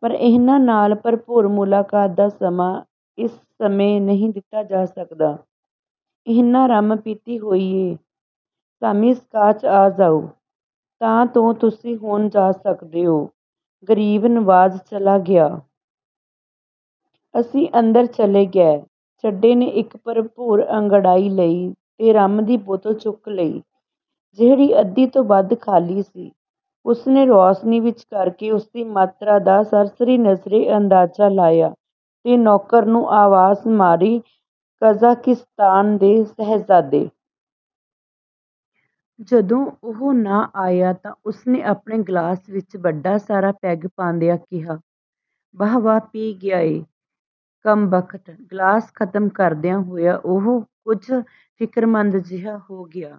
ਪਰ ਇਹਨਾਂ ਨਾਲ ਭਰਪੂਰ ਮੁਲਾਕਾਤ ਦਾ ਸਮਾਂ ਇਸ ਸਮੇਂ ਨਹੀਂ ਦਿੱਤਾ ਜਾ ਸਕਦਾ। ਇਹਨਾਂ ਰੰਮ ਪੀਤੀ ਹੋਈ ਏ। ਸ਼ਾਮੀਂ ਸਕਾਚ ਆ ਜਾਉ ਤਾਂ ਤੋ ਤੁਸੀਂ ਹੁਣ ਜਾ ਸਕਦੇ ਓ। " ਗਰੀਬ ਨਵਾਜ਼ ਚਲਾ ਗਿਆ। ਅਸੀਂ ਅੰਦਰ ਚਲੇ ਗਏ। ਚੱਡੇ ਨੇ ਇਕ ਭਰਪੂਰ ਅੰਗੜਾਈ ਲਈ ਤੇ ਰੰਮ ਦੀ ਬੋਤਲ ਚੁੱਕ ਲਈ, ਜਿਹੜੀ ਅੱਧੀ ਤੋਂ ਵੱਧ ਖ਼ਾਲੀ ਸੀ। ਉਸਨੇ ਰੋਸ਼ਨੀ ਵਿਚ ਕਰਕੇ ਉਸਦੀ ਮਾਤਰਾ ਦਾ ਸਰਸਰੀ ਨਜ਼ਰੇ ਅੰਦਾਜ਼ਾ ਲਾਇਆ ਤੇ ਨੌਕਰ ਨੂੰ ਆਵਾਜ਼ ਮਾਰੀ, "ਕਜਾਕਿਸਤਾਨ ਦੇ ਸ਼ਹਿਜ਼ਾਦੇ! " ਜਦੋਂ ਉਹ ਨਾ ਆਇਆ ਤਾਂ ਉਸਨੇ ਆਪਣੇ ਗਲਾਸ ਵਿਚ ਵੱਡਾ ਸਾਰਾ ਪੈਗ ਪਾਂਦਿਆਂ ਕਿਹਾ, "ਵਹਵਾ ਪੀ ਗਿਆ ਏ ਕੰਮਬਖ਼ਤ! " ਗ਼ਲਾਸ ਖ਼ਤਮ ਕਰਦਿਆਂ ਹੋਇਆਂ ਉਹ ਕੁਝ ਫਿਕਰਮੰਦ ਜਿਹਾ ਹੋ ਗਿਆ,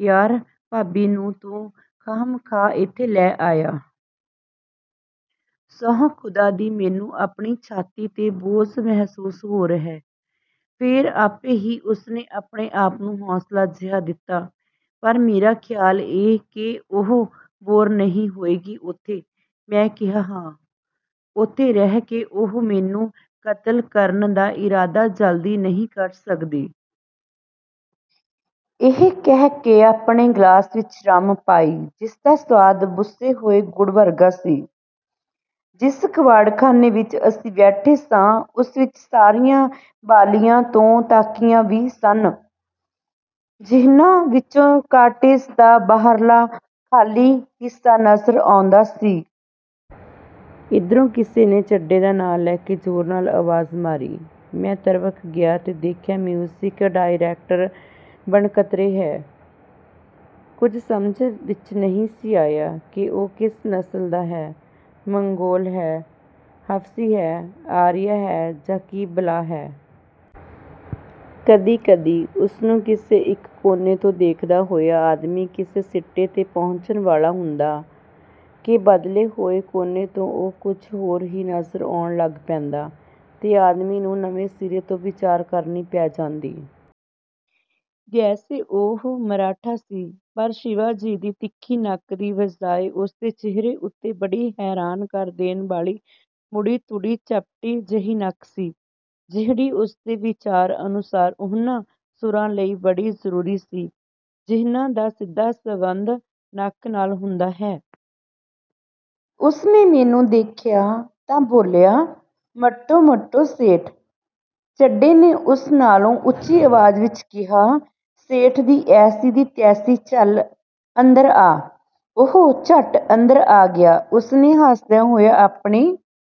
"ਯਾਰ, ਭਾਬੀ ਨੂੰ ਤੂੰ ਖਾਹਮ-ਖਾਹ ਇੱਥੇ ਲੈ ਆਇਆ। ਸੌਂਹ ਖ਼ੁਦਾ ਦੀ ਮੈਨੂੰ ਆਪਣੀ ਛਾਤੀ ਤੇ ਬੋਝ ਮਹਿਸੂਸ ਹੋ ਰਿਹੈ। "ਫੇਰ ਆਪੇ ਹੀ ਉਸਨੇ ਆਪਣੇ ਆਪ ਨੂੰ ਹੌਸਲਾ ਜਿਹਾ ਦਿੱਤਾ, "ਪਰ ਮੇਰਾ ਖਿਆਲ ਏ ਕਿ ਉਹ ਬੋਰ ਨਹੀਂ ਹੋਏਗੀ ਉੱਥੇ। " ਮੈਂ ਕਿਹਾ, "ਹਾਂ, ਉੱਥੇ ਰਹਿ ਕੇ ਉਹ ਮੈਨੂੰ ਕਤਲ ਕਰਨ ਦਾ ਇਰਾਦਾ ਜਲਦੀ ਨਹੀਂ ਕਰ ਸਕਦੀ। " ਇਹ ਕਹਿ ਕੇ ਮੈਂ ਆਪਣੇ ਗਲਾਸ ਵਿਚ ਰੰਮ ਪਾਈ, ਜਿਸਦਾ ਸਵਾਦ ਬੁਸੇ ਹੋਏ ਗੁੜ ਵਰਗਾ ਸੀ। ਜਿਸ ਕਬਾੜਖਾਨੇ ਵਿਚ ਅਸੀਂ ਬੈਠੇ ਸਾਂ, ਉਸ ਵਿਚ ਸਰੀਆਂ ਵਾਲੀਆਂ ਦੋ ਤਾਕੀਆਂ ਵੀ ਸਨ ਜਿਹਨਾਂ ਵਿਚੋਂ ਕਾਟੇਜ ਦਾ ਬਾਹਰਲਾ ਖਾਲੀ ਹਿੱਸਾ ਨਜ਼ਰ ਆਉਂਦਾ ਸੀ। ਇਧਰੋਂ ਕਿਸੇ ਨੇ ਚੱਡੇ ਦਾ ਨਾਂਅ ਲੈ ਕੇ ਜ਼ੋਰ ਨਾਲ ਆਵਾਜ਼ ਮਾਰੀ। ਮੈਂ ਤ੍ਰਬਕ ਗਿਆ ਤੇ ਦੇਖਿਆ ਮਿਊਜ਼ਿਕ ਡਾਇਰੈਕਟਰ ਵਣਕਤਰੇ ਹੈ। ਕੁਝ ਸਮਝ ਵਿਚ ਨਹੀਂ ਸੀ ਆਇਆ ਕਿ ਉਹ ਕਿਸ ਨਸਲ ਦਾ ਹੈ, ਮੰਗੋਲ ਹੈ, ਹਬਸ਼ੀ ਹੈ, ਆਰੀਆ ਹੈ ਜਾਂ ਕੀ ਬਲਾਅ ਹੈ! ਕਦੀ-ਕਦੀ ਉਸਨੂੰ ਕਿਸੇ ਇਕ ਕੋਨੇ ਤੋਂ ਦੇਖਦਾ ਹੋਇਆ ਆਦਮੀ ਕਿਸੇ ਸਿੱਟੇ 'ਤੇ ਪਹੁੰਚਣ ਵਾਲਾ ਹੁੰਦਾ ਕਿ ਬਦਲੇ ਹੋਏ ਕੋਨੇ ਤੋਂ ਉਹ ਕੁਝ ਹੋਰ ਹੀ ਨਜ਼ਰ ਆਉਣ ਲੱਗ ਪੈਂਦਾ ਤੇ ਆਦਮੀ ਨੂੰ ਨਵੇਂ ਸਿਰੇ ਤੋਂ ਵਿਚਾਰ ਕਰਨੀ ਪੈ ਜਾਂਦੀ। ਵੈਸੇ ਉਹ ਮਰਾਠਾ ਸੀ, ਪਰ ਸ਼ਿਵਾ ਜੀ ਦੀ ਤਿੱਖੀ ਨੱਕ ਦੀ ਬਜਾਏ ਉਸਦੇ ਚਿਹਰੇ ਉੱਤੇ ਬੜੀ ਹੈਰਾਨ ਕਰ ਦੇਣ ਵਾਲੀ ਮੁੜੀ-ਤੁੜੀ, ਚਪਟੀ ਜਿਹੀ ਨੱਕ ਸੀ, ਜਿਹੜੀ ਉਸਦੇ ਵਿਚਾਰ ਅਨੁਸਾਰ ਉਹਨਾਂ ਸੁਰਾਂ ਲਈ ਬੜੀ ਜ਼ਰੂਰੀ ਸੀ, ਜਿਹਨਾਂ ਦਾ ਸਿੱਧਾ ਸੰਬੰਧ ਨੱਕ ਨਾਲ ਹੁੰਦਾ ਹੈ। ਉਸਨੇ ਮੈਨੂੰ ਦੇਖਿਆ ਤਾਂ ਬੋਲਿਆ, "ਮੰਟੋ-ਮੰਟੋ ਸੇਠ! " ਚੱਡੇ ਨੇ ਉਸ ਨਾਲੋਂ ਉੱਚੀ ਆਵਾਜ਼ ਵਿਚ ਕਿਹਾ, "ਸੇਠ ਦੀ ਐਸੀ ਦੀ ਤੈਸੀ-ਚੱਲ, ਅੰਦਰ ਆ! " ਉਹ ਝੱਟ ਅੰਦਰ ਆ ਗਿਆ। ਉਸਨੇ ਹੱਸਦਿਆਂ ਹੋਇਆਂ ਆਪਣੀ